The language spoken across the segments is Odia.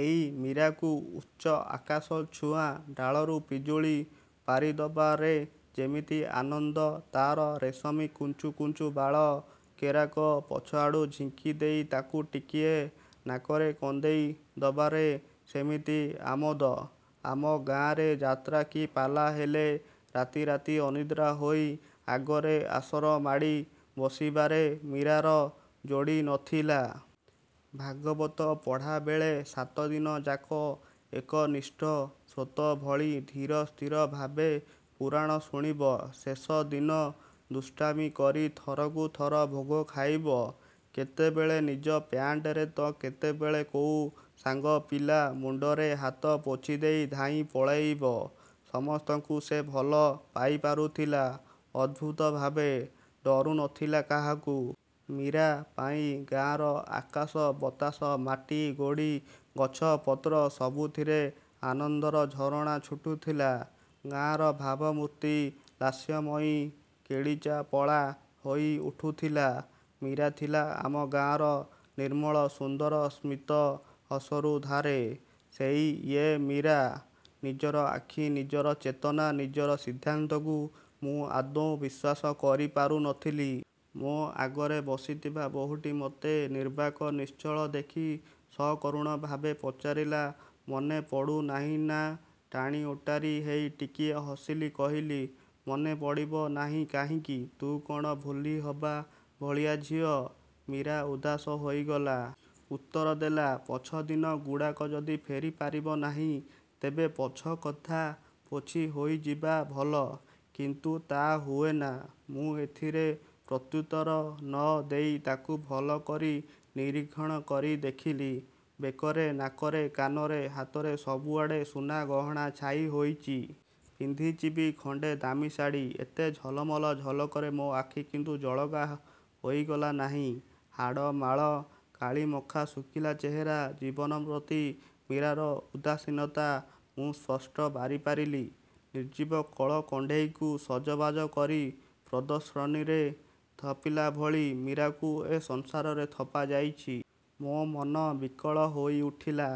ଏଇ ମିରାକୁ ଉଚ୍ଚ ଆକାଶଛୁଆଁ ଡାଳରୁ ପିଜୁଳି ପାରିଦବାରେ ଯେମିତି ଆନନ୍ଦ, ତା'ର ରେଶମୀ କୁଞ୍ଚୁ କୁଞ୍ଚୁ ବାଳ କେରାକ ପଛଆଡ଼ୁ ଝିଙ୍କି ଦେଇ ତାକୁ ଟିକିଏ ନାକରେ କନ୍ଦେଇ ଦବାରେ ସେମିତି ଆମୋଦ। ଆମ ଗାଁରେ ଯାତ୍ରା କି ପାଲା ହେଲେ ରାତି ରାତି ଅନିଦ୍ରା ହୋଇ ଆଗରେ ଆସର ମାଡ଼ି ବସିବାରେ ମୀରାର ଯୋଡ଼ି ନ ଥିଲା। ଭାଗବତ ପଢ଼ାବେଳେ ସାତଦିନ ଯାକ ଏକନିଷ୍ଠ ଶ୍ରୋତାଭଳି ଧୀର ସ୍ଥିର ଭାବେ ପୁରାଣ ଶୁଣିବ। ଶେଷ ଦିନ ଦୁଷ୍ଟାମୀ କରି ଥରକୁ ଥର ଭୋଗ ଖାଇବ। କେତେବେଳେ ନିଜ ପ୍ୟାଣ୍ଟରେ ତ କେତେବେଳେ କୋଉ ସାଙ୍ଗ ପିଲା ମୁଣ୍ଡରେ ହାତ ପୋଛିଦେଇ ଧାଇଁ ପଳେଇବ। ସମସ୍ତଙ୍କୁ ସେ ଭଲ ପାଇପାରୁଥିଲା ଅଦ୍ଭୁତ ଭାବେ, ଡରୁ ନଥିଲା କାହାକୁ। ମୀରା ପାଇଁ ଗାଆଁର ଆକାଶ ବତାସ, ମାଟି ଗୋଡ଼ି, ଗଛ ପତ୍ର, ସବୁଥିରେ ଆନନ୍ଦର ଝରଣା ଛୁଟୁଥିଲା। ଗାଁ'ର ଭାବମୂର୍ତ୍ତି ଲାସ୍ୟମୟୀ କେଳିଚପଳା ହୋଇ ଉଠୁଥିଲା। ମୀରାଥିଲା ଆମ ଗାଁ'ର ନିର୍ମଳ ସୁନ୍ଦର ସ୍ମିତ ହସରୁ ଧାରେ। ସେଇ ୟେ ମୀରା? ନିଜର ଆଖି, ନିଜର ଚେତନା, ନିଜର ସିଦ୍ଧାନ୍ତକୁ ମୁଁ ଆଦୌ ବିଶ୍ୱାସ କରି ପାରୁ ନଥିଲି। ମୋ ଆଗରେ ବସିଥିବା ବୋହୂଟି ମତେ ନିର୍ବାକ, ନିଶ୍ଚଳ, ଦେଖି ସକରୁଣ ଭାବେ ପଚାରିଲା ମନେ ପଡ଼ୁ ନାହିଁ ନାଁ? ଟାଣି ଓଟାରି ହେଇ ଟିକିଏ ହସିଲି କହିଲି, ''ମନେ ପଡ଼ିବ ନାହିଁ କାହିଁକି? ତୁ କ'ଣ ଭୂଲିହବା ଭଳିଆ ଝିଅ। '' ମୀରା ଉଦାସ ହୋଇଗଲା। ଉତ୍ତର ଦେଲା, ''ପଛ ଦିନ। ଗୁଡ଼ାକ ଯଦି ଫେରି ପାରିବ ନାହିଁ, ତେବେ ପଛ କଥା ପୋଛି ହୋଇ ଯିବା ଭଲ। କିନ୍ତୁ ତା' ହୁଏନା। '' ମୁଁ ଏଥିର ପ୍ରତ୍ୟୁତ୍ତର ନ ଦେଇ ତାକୁ ଭଲ କରି ନିରୀକ୍ଷଣ କରି ଦେଖିଲି। ବେକରେ, ନାକରେ, କାନରେ, ହାତରେ ସବୁଆଡ଼େ ସୁନା ଗହଣା ଛାଇ ହୋଇଚି। ପିନ୍ଧିଚି ବି ଖଣ୍ଡେ ଦାମୀ ଶାଢ଼ୀ। ଏତେ ଝଲମଲ ଝଲକରେ ମୋ ଆଖି କିନ୍ତୁ ଜଳକା ହୋଇଗଲା ନାହିଁ। ହାଡ଼ ମାଳ, କାଳିମଖା ଶୁଖିଲା ଚେହେରା, ଜୀବନ ପ୍ରତି ମୀରାର ଉଦାସୀନତା ମୁଁ ସ୍ପଷ୍ଟ ବାରି ପାରିଲି। ନିର୍ଜୀବ କଳ କଣ୍ଢେଇକୁ ସଜବାଜ କରି ପ୍ରଦର୍ଶନୀରେ ଥାପିଲାଭଳି ମୀରାକୁ ଏ ସଂସାରରେ ଥପା ଯାଇଛି। ମୋ ମନ ବିକଳ ହୋଇ ଉଠିଲା।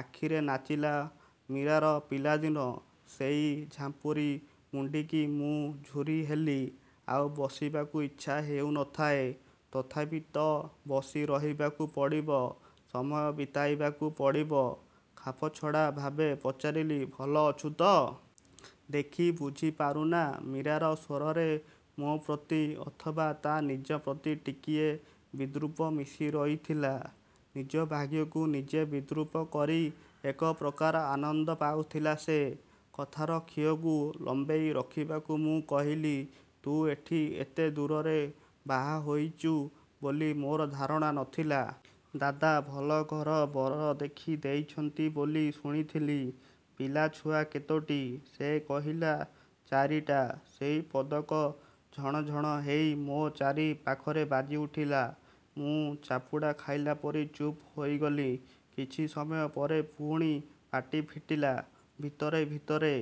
ଆଖିରେ ନାଚିଲା ମୀରାର ପିଲାଦିନ। ସେଇ ଝାମ୍ପୁରୀ ମୁଣ୍ଡିକି ମୁଁ ଝୁରିହେଲି। ଆଉ ବସିବାକୁ ଇଚ୍ଛା ହେଉ ନଥାଏ। ତଥାପି ତ ବସି ରହିବାକୁ ପଡ଼ିବ। ସମୟ ବିତେଇବାକୁ ପଡ଼ିବ। ଖାପଛଡ଼ା ଭାବେ ପଚାରିଲି- ଭଲ ଅଛୁ ତ? ଦେଖି ବୁଝି ପାରୁନାଁ ମୀରାର ସ୍ୱରରେ ମୋ ପ୍ରତି, ଅଥବା ତା' ନିଜ ପ୍ରତି ଟିକିଏ ବିଦ୍ରୂପ ମିଶି ରହିଥିଲା। ନିଜ ଭାଗ୍ୟକୁ ନିଜେ ବିଦ୍ରୂପ କରି ଏକ ପ୍ରକାର ଆନନ୍ଦ ପାଉଥିଲା ସେ। କଥାର ଖିଅକୁ ଲମ୍ବେଇ ରଖିବାକୁ ମୁଁ କହିଲି- ତୁ ଏଠି, ଏତେ ଦୂରରେ ବାହାହେଇଚୁ ବୋଲି ମୋର ଧାରଣା ନଥିଲା। ଦାଦା ଭଲ ଘର ବର ଦେଖି ଦେଇଛନ୍ତି ବୋଲି ଶୁଣିଥିଲି। ପିଲା ଛୁଆ କେତୋଟି? ସେ କହିଲା- ଚାରିଟା ସେଇ ପଦକ ଝଣ ଝଣ ହେଇ ମୋ ଚାରି ପାଖରେ ବାଜି ଉଠିଲା। ମୁଁ ଚାପୁଡ଼ା ଖାଇଲା ପରି ଚୁପ୍ ହୋଇଗଲି। କିଛି ସମୟ ପରେ ପୁଣି ପାଟି ଫିଟିଲା। ଭିତରେ ଭିତରେ